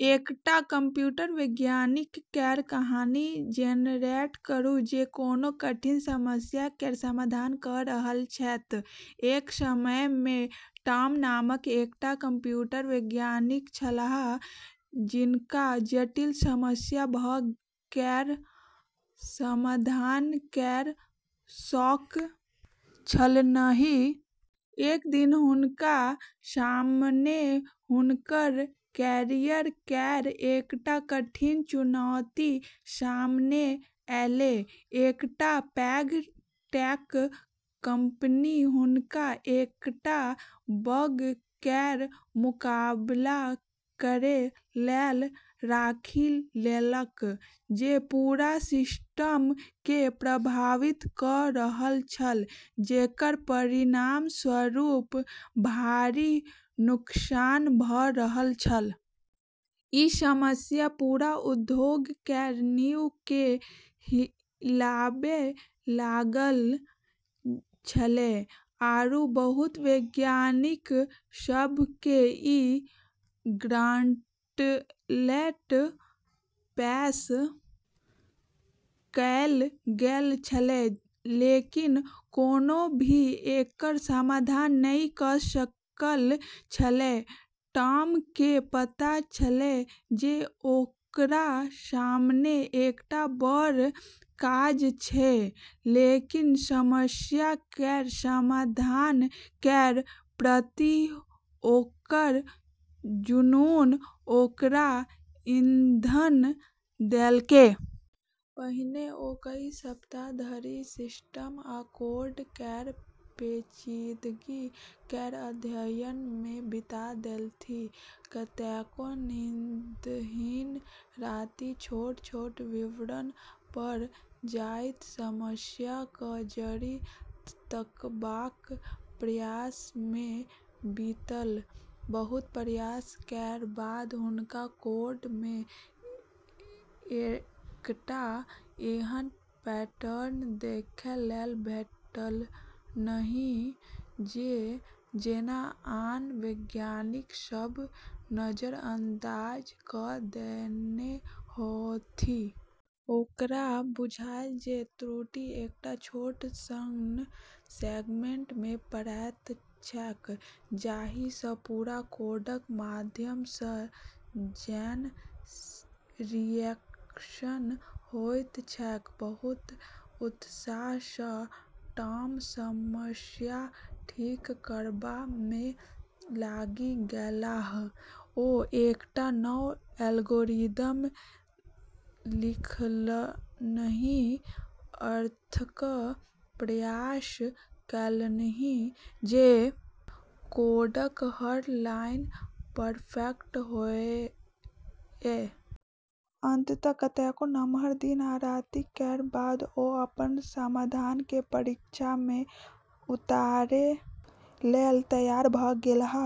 एकटा कंप्यूटर वैज्ञानिक केर कहानी जेनरेट करू जे कोनो कठिन समस्या केर समाधान कऽ रहल छैथ। एक समय मे टॉम नामक एकटा कंप्यूटर वैज्ञानिक छलाह, जिनका जटिल समस्या सभ केर समाधान केर शौक छलन्हि। एक दिन हुनका सामने हुनकर कैरियर केर एकटा कठिन चुनौती सामने एलै। एकटा पैघ टेक कंपनी हुनका एकटा बग केर मुकाबला करै लेल राखि लेलक जे पूरा सिस्टम केँ प्रभावित कऽ रहल छल, जेकर परिणामस्वरूप भारी नुकसान भऽ रहल छल। ई समस्या पूरा उद्योग केर नींव केँ हिलाबै लागल छलै, आरू बहुत वैज्ञानिक सभ केँ ई गॉन्टलेट पेश कएल गेल छलै लेकिन कोनो भी एकर समाधान नहि कऽ सकल छलै। टॉम केँ पता छलै जे ओकरा सामने एकटा बड़ काज छै, लेकिन समस्या केर समाधान केर प्रति ओकर जुनून ओकरा ईंधन देलकै। पहिने ओ कई सप्ताह धरि सिस्टम आ कोड केर पेचीदगी केर अध्ययन मे बिता देलथि। कतेको नींदहीन राति छोट-छोट विवरण पर जाइत, समस्याक जड़ि तकबाक प्रयास मे बीतल। बहुत प्रयास केर बाद हुनका कोड मे एकटा एहन पैटर्न देखै लेल भेटलन्हि जे जेना आन वैज्ञानिक सभ नजरअंदाज कऽ देने होथि। ओकरा बुझायल जे त्रुटि एकटा छोट सन सेगमेंट मे पड़ैत छैक, जाहि सँ पूरा कोडक माध्यम सँ चेन रिएक्शन होइत छैक। बहुत उत्साह सँ टॉम समस्या ठीक करबा मे लागि गेलाह। ओ एकटा नव एल्गोरिदम लिखलन्हि, अथक प्रयास केलन्हि जे कोडक हर लाइन परफेक्ट होअए। अंततः कतेको नमहर दिन आ राति केर बाद ओ अपन समाधान केँ परीक्षा मे उतारै लेल तैयार भऽ गेलाह।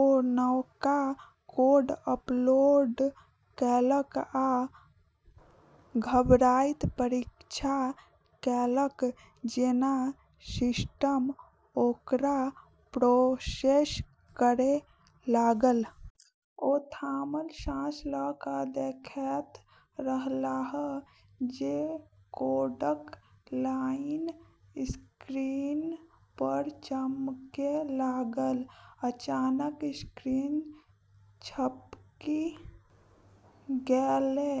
ओ नवका कोड अपलोड केलक आ घबराइत प्रतीक्षा केलक जेना सिस्टम ओकरा प्रोसेस करै लागल। ओ थामल साँस लऽ कऽ देखैत रहलाह जे कोडक लाइन स्क्रीन पर चमकै लागल। अचानक स्क्रीन झपकि गेलै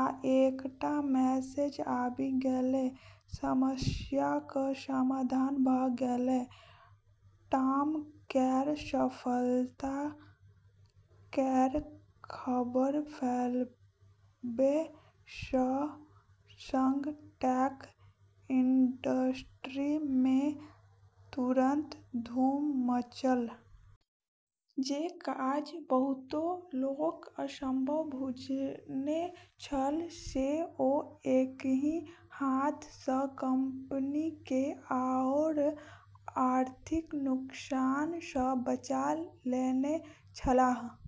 आ एकटा मैसेज आबि गेलै समस्याक समाधान भऽ गेलै! टॉम केर सफलता केर खबर फैलबै सँ संग टेक इंडस्ट्री मे तुरंत धूम मचल। जे काज बहुतो लोक असंभव बुझने छल से ओ एकहि हाथ सँ कंपनी केँ आओर आर्थिक नुकसान सँ बचा लेने छलाह।